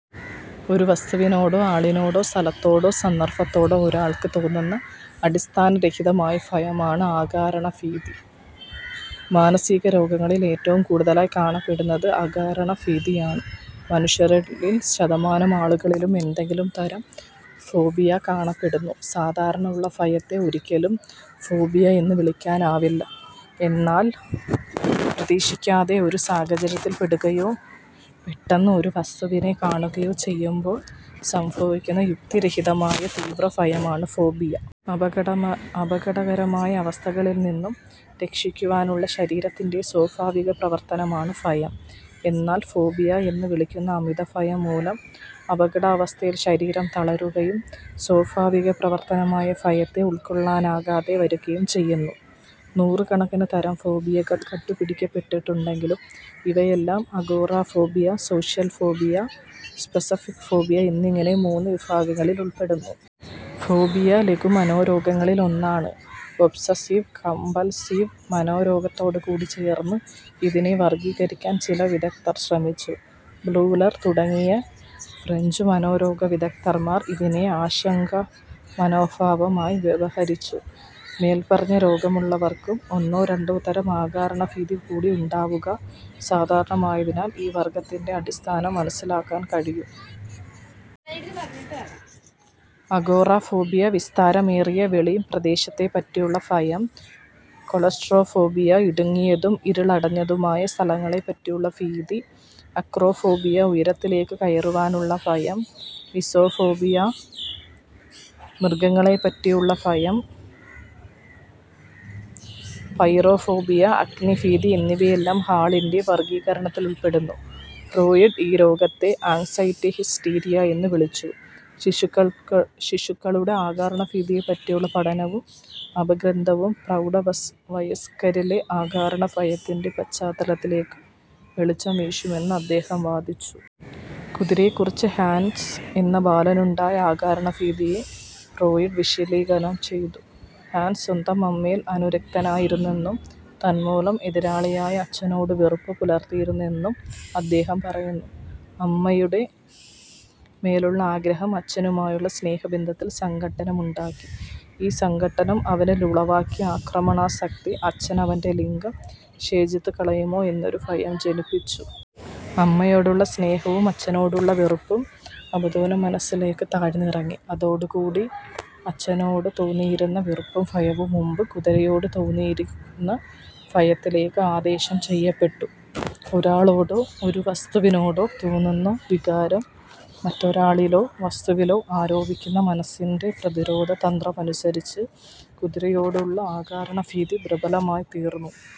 ഒരു വസ്തുവിനോടോ ആളിനോടോ സ്ഥലത്തോടോ സന്ദർഭത്തോടോ ഒരാൾക്ക് തോന്നുന്ന അടിസ്ഥാനരഹിതമായ ഭയമാണ് അകാരണഭീതി. മാനസിക രോഗങ്ങളിൽ ഏറ്റവും കൂടുതലായി കാണപ്പെടുന്നത് അകാരണഭീതിയാണ്. മനുഷ്യരിൽ ശതമാനം ആളുകളിലും എന്തെങ്കിലും തരം ഫോബിയ കാണപ്പെടുന്നു. സാധാരണ ഉള്ള ഭയത്തെ ഒരിക്കലും ഫോബിയ എന്നു വിളിക്കാനാവില്ല. എന്നാൽ പ്രതീക്ഷിക്കാതെ ഒരു സാഹചര്യത്തിൽപ്പെടുകയോ പെട്ടെന്നു് ഒരു വസ്തുവിനെ കാണുകയോ ചെയ്യുമ്പോൾ സംഭവിക്കുന്ന യുക്തിരഹിതമായ തീവ്ര ഭയമാണ് ഫോബിയ. അപകടകരമായ അവസ്ഥകളിൽ നിന്നും രക്ഷിക്കുവാനുള്ള ശരീരത്തിന്റെ സ്വാഭാവികപ്രവർത്തനമാണ് ഭയം. എന്നാൽ ഫോബിയ എന്നു വിളിക്കുന്ന അമിതഭയം മൂലം അപകടാവസ്ഥയിൽ ശരീരം തളരുകയും സ്വാഭാവികപ്രവർത്തനമായ ഭയത്തെ ഉൾക്കൊള്ളാനാകാതെ വരുകയും ചെയ്യുന്നു. നൂറുകണക്കിനു തരം ഫോബിയകൾ കണ്ടുപിടിക്കപ്പെട്ടിട്ടുണ്ടെങ്കിലും ഇവയെല്ലാം agoraphobia, social phobia, specific phobia എന്നിങ്ങനെ മൂന്നു വിഭാഗങ്ങളിൽ ഉൾപ്പെടുന്നു. ഫോബിയ ലഘുമനോരോഗങ്ങളിൽ ഒന്നാണ്. ഒബ്സസിവ് കമ്പൽസീവ് മനോരോഗത്തോടു ചേർത്ത് ഇതിനെ വർഗീകരിക്കാൻ ചില വിദഗ്ദർ ശ്രമിച്ചു. ബ്യൂലർ തുടങ്ങിയ ഫ്രഞ്ചു മനോരോഗവിദഗ്ദ്ധന്മാർ ഇതിനെ ആശങ്കാമനോരോഗം ആയി വ്യവഹരിച്ചു. മേൽപറഞ്ഞ രോഗമുള്ളവർക്കും ഒന്നോ രണ്ടോ തരം അകാരണഭീതി കൂടി ഉണ്ടാവുക സാധാരണമായതിനാൽ ഈ വർഗീകരണത്തിന്റെ അടിസ്ഥാനം മനസ്സിലാക്കാൻ കഴിയും. അഗോറഫോബിയ വിസ്താരമേറിയ വെളിംപ്രദേശത്തെപ്പറ്റിയുള്ള ഭയം, ക്ളൌസ്ട്രോഫോബിയ- ഇടുങ്ങിയതും ഇരുളടഞ്ഞതുമായ സ്ഥലങ്ങളെപ്പറ്റിയുള്ള ഭീതി, അക്രോഫോബിയ ഉയരത്തിലേക്കു കയറുവാനുള്ള ഭയം, മിസോഫോബിയ മാലിന്യഭീതി, സൂഫോബിയ മൃഗങ്ങളെപ്പറ്റിയുള്ള ഭയം, പൈറോഫോബിയ അഗ്നിഭീതി എന്നിവയെല്ലാം ഹാളിന്റെ വർഗീകരണത്തിലുൾപ്പെടുന്നു. ഫ്രോയിഡ് ഈ രോഗത്തെ ആങ്സൈറ്റി ഹിസ്റ്റീരിയ എന്നു വിളിച്ചു. ശിശുക്കളുടെ അകാരണഭീതിയെപ്പറ്റിയുള്ള പഠനവും അപഗ്രഥനവും പ്രൌഢവയസ്ക്കരിലെ അകാരണഭയത്തിന്റെ പശ്ചാത്തലത്തിലേക്കു വെളിച്ചം വീശുമെന്ന് അദ്ദേഹം വാദിച്ചു. കുതിരയെക്കുറിച്ച് ഹാൻസ് എന്ന ബാലനുണ്ടായ അകാരണഭീതിയെ ഫ്രോയിഡ് വിശകലനം ചെയ്തു. ഹാൻസ് സ്വന്തം അമ്മയിൽ അനുരക്തനായിരുന്നെന്നും തന്മൂലം എതിരാളിയായ അച്ഛനോട് വെറുപ്പു പുലർത്തിയിരുന്നെന്നും അദ്ദേഹം പറയുന്നു. അമ്മയുടെ മേലുള്ള ആഗ്രഹം അച്ഛനുമായുള്ള സ്നേഹബന്ധത്തിൽ സംഘട്ടനമുണ്ടാക്കി. ഈ സംഘട്ടനം അവനിൽ ഉളവാക്കിയ ആക്രമണാസക്തി, അച്ഛൻ അവന്റെ ലിംഗം ഛേദിച്ചുകളയുമോ എന്നൊരു ഭയം ജനിപ്പിച്ചു. അമ്മയോടുള്ള സ്നേഹവും അച്ഛനോടുള്ള വെറുപ്പും അബോധമനസ്സിലേക്കു താഴ്ന്നിറങ്ങി യതോടുകൂടി അച്ഛനോടു തോന്നിയിരുന്ന വെറുപ്പും ഭയവും മുമ്പ് കുതിരയോടുതോന്നിയിരുന്ന ഭയത്തിലേക്ക് ആദേശം ചെയ്യപ്പെട്ടു. ഒരാളോടോ, ഒരു വസ്തുവിനോടോ തോന്നുന്ന വികാരം മറ്റൊരാളിലോ വസ്തുവിലോ ആരോപിക്കുന്ന മനസ്സിന്റെ പ്രതിരോധ തന്ത്രമനുസരിച്ച് കുതിരയോടുള്ള അകാരണഭീതി പ്രബലമായിത്തീർന്നു.